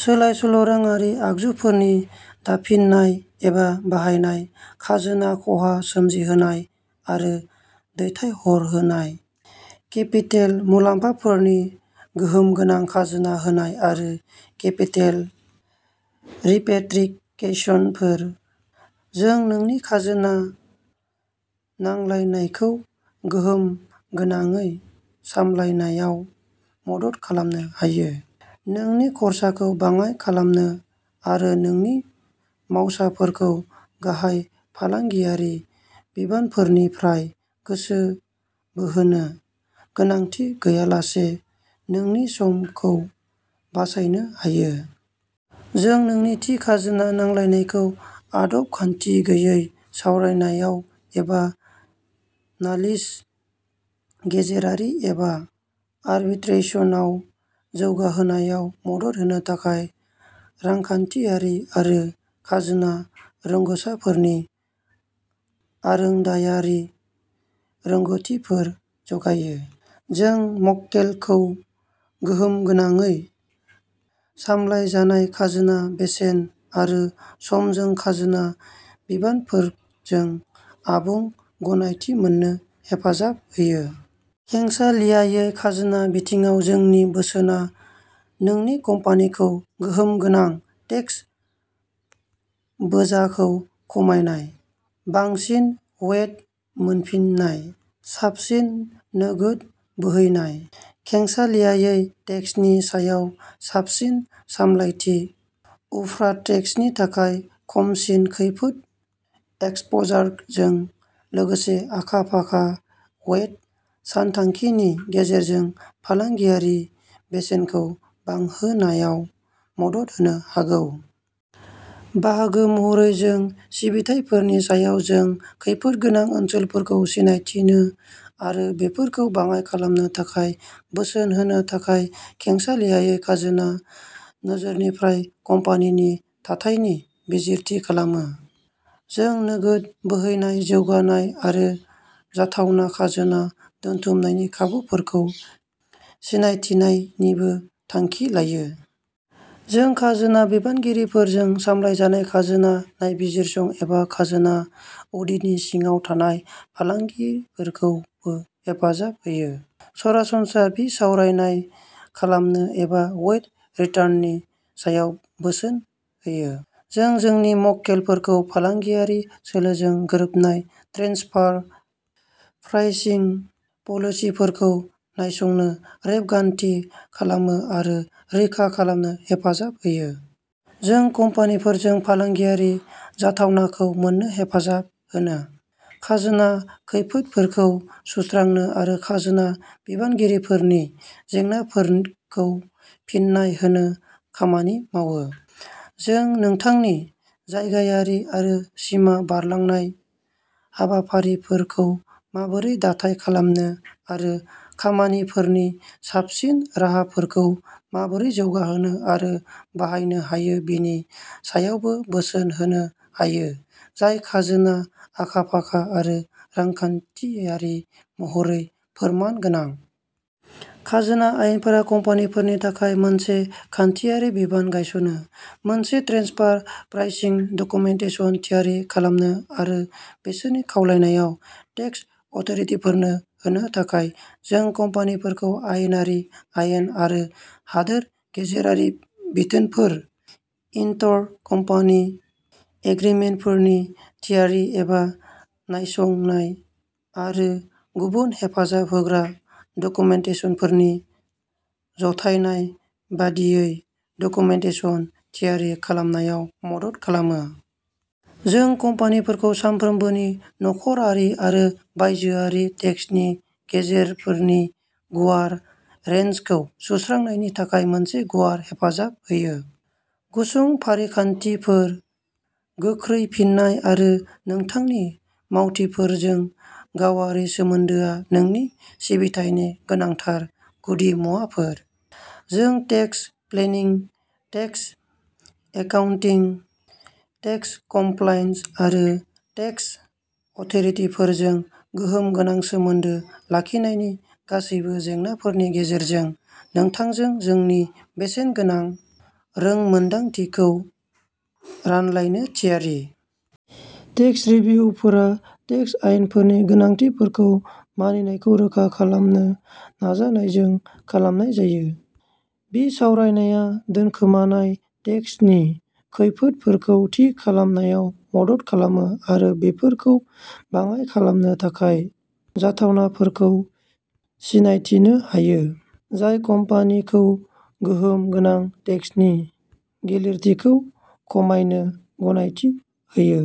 सोलाय-सोल' राङारि आगजुफोरनि दाफिननाय एबा बाहायनाय, खाजोना खहा सोमजिहोनाय आरो दैथायहरहोनाय, केपिटेल मुलाम्फाफोरनि गोहोमगोनां खाजोना होनाय आरो केपिटेल रिपेट्रिकेशनफोर। जों नोंनि खाजोना नांलायनायखौ गोहोमगोनाङै सामलायनायाव मदद खालामनो हायो, नोंनि खरसाखौ बाङाइ खालामनो आरो नोंनि मावसाफोरखौ गाहाय फालांगियारि बिबानफोरनिफ्राय गोसो बोहोनो गोनांथि गैयालासे नोंनि समखौ बासायनो हायो। जों नोंनि थि खाजोना नांलायनायखौ आदब-खान्थि गैयै सावरायनायाव एबा नालिस, गेजेरारि एबा आरबिट्रेसनआव जौगाहोनायाव मदद होनो थाखाय रांखान्थियारि आरो खाजोना रोंग'साफोरनि आरोंदायारि रोंग'थिफोर जगायो। जों मक्केलखौ गोहोमगोनाङै सामलायजानाय खाजोना बेसेन आरो समजों खाजोना बिबानफोरजों आबुं गनायथि मोन्नो हेफाजाब होयो। खेंसालियायै खाजोना बिथिङाव जोंनि बोसोनआ नोंनि कम्पानिखौ गोहोमगोनां टेक्स बोजाखौ खमायनाय, बांसिन वेट मोनफिन्नाय, साबसिन नोगोद बोहैनाय, खेंसालियायै टेक्सनि सायाव साबसिन सामलायथि, उफ्रा टेक्सनि थाखाय खमसिन खैफोद एक्सप'जारजों लोगोसे आखा-फाखा वेट सानथांखिनि गेजेरजों फालांगियारि बेसेनखौ बांहोनायाव मदद होनो हागौ। बाहागो महरै जोंनि सिबिथायफोरनि सायाव जों खैफोदगोनां ओनसोलफोरखौ सिनायथिनो आरो बेफोरखौ बाङाइ खालामनो थाखाय बोसोन होनो थाखाय खेंसालियायै खाजोना नोजोरनिफ्राय कम्पानिनि थाथायनि बिजिरथि खालामो। जों नोगोद बोहैनाय जौगानाय आरो जाथावना खाजोना दोनथुमनायनि खाबुफोरखौ सिनायथिनायनिबो थांखि लायो। जों खाजोना बिबानगिरिफोरजों सामलायजानाय खाजोना नायबिजिरसं एबा खाजोना अडिटनि सिङाव थानाय फालांगिफोरखौबो हेफाजाब होयो, सरासनस्रा बिसावरायनाय खालामो एबा वेट रिटार्ननि सायाव बोसोन होयो। जों जोंनि मक्केलफोरखौ फालांगियारि सोलोजों गोरोबनाय ट्रेन्सफार प्राइसिं पलिसिफोरखौ नायसंनो, रेबगान्थि खालामनो आरो रैखा खालामनो हेफाजाब होयो। जों कम्पानिफोरजों फालांगियारि जाथावनाखौ मोन्नो हेफाजाब होनो, खाजोना खैफोदफोरखौ सुस्रांनो आरो खाजोना बिबानगिरिफोरनि जेंनाफोरखौ फिन्नाय होनो खामानि मावो। जों नोंथांनि जायगायारि आरो सिमा बारलांनाय हाबाफारिफोरखौ माबोरै दाथाय खालामनो आरो खामानिफोरनि साबसिन राहाफोरखौ माबोरै जौगाहोनो आरो बाहायनो हायो बेनि सायावबो बोसोन होनो हायो जाय खाजोना आखा-फाखा आरो रांखान्थियारि महरै फोरमान गोनां। खाजोना आयेनआ कम्पानिफोरनि थाखाय मोनसे खान्थियारि बिबान गायसनो। मोनसे ट्रेन्सफार प्राइसिं डकुमेन्टेसन थियारि खालामनो आरो बिसोरनि खावलायनायाव टेक्स अथ'रिटिफोरनो होनो थाखाय। जों कम्पानिफोरखौ आयेनारि आयेन आरो हादोर गेजेरारि बिथोनफोर, इन्टर-कम्पानि एग्रीमेन्टफोरनि थियारि एबा नायसंनाय आरो गुबुन हेफाजाब होग्रा डकुमेन्टेसनफोरनि जथायनाय बायदियै डकुमेन्टेसन थियारि खालामनायाव मदद खालामो। जों कम्पानिफोरखौ सानफ्रोमबोनि नखरारि आरो बायजोआरि टेक्सनि जेंनाफोरनि गुवार रेन्जखौ सुस्रांनायनि थाखाय मोनसे गुवार हेफाजाब होयो। गुसुं फारिखान्थिफोर, गोख्रै फिननाय आरो नोंथांनि मावथिफोरजों गावारि सोमोन्दोआ जोंनि सिबिथायनि गोनांथार गुदिमुवाफोर। जों tax planning, tax accounting, tax compliance आरो टेक्स अथ'रिटिफोरजों गोहोम गोनां सोमोन्दो लाखिनायनि गासैबो जेंनाफोरनि गेजेरजों नोंथांजों जोंनि बेसेनगोनां रोंमोनदांथिखौ रानलायनो थियारि। टेक्स रिभ्युफोरा टेक्स आयेनफोरनि गोनांथिफोरखौ मानिनायखौ रोखा खालामनो नाजानायजों खालामनाय जायो। बिसावरायनाया दोनखोमानाय टेक्सनि खैफोदफोरखौ थि खालामनायाव मदद खालामो आरो बेफोरखौ बाङाइ खालामनो थाखाय जाथावनाफोरखौ सिनायथिनो हायो, जाय कम्पानिखौ गोहोम गोनां टेक्सनि गिलिरथिखौ खमायनो गनायथि होयो।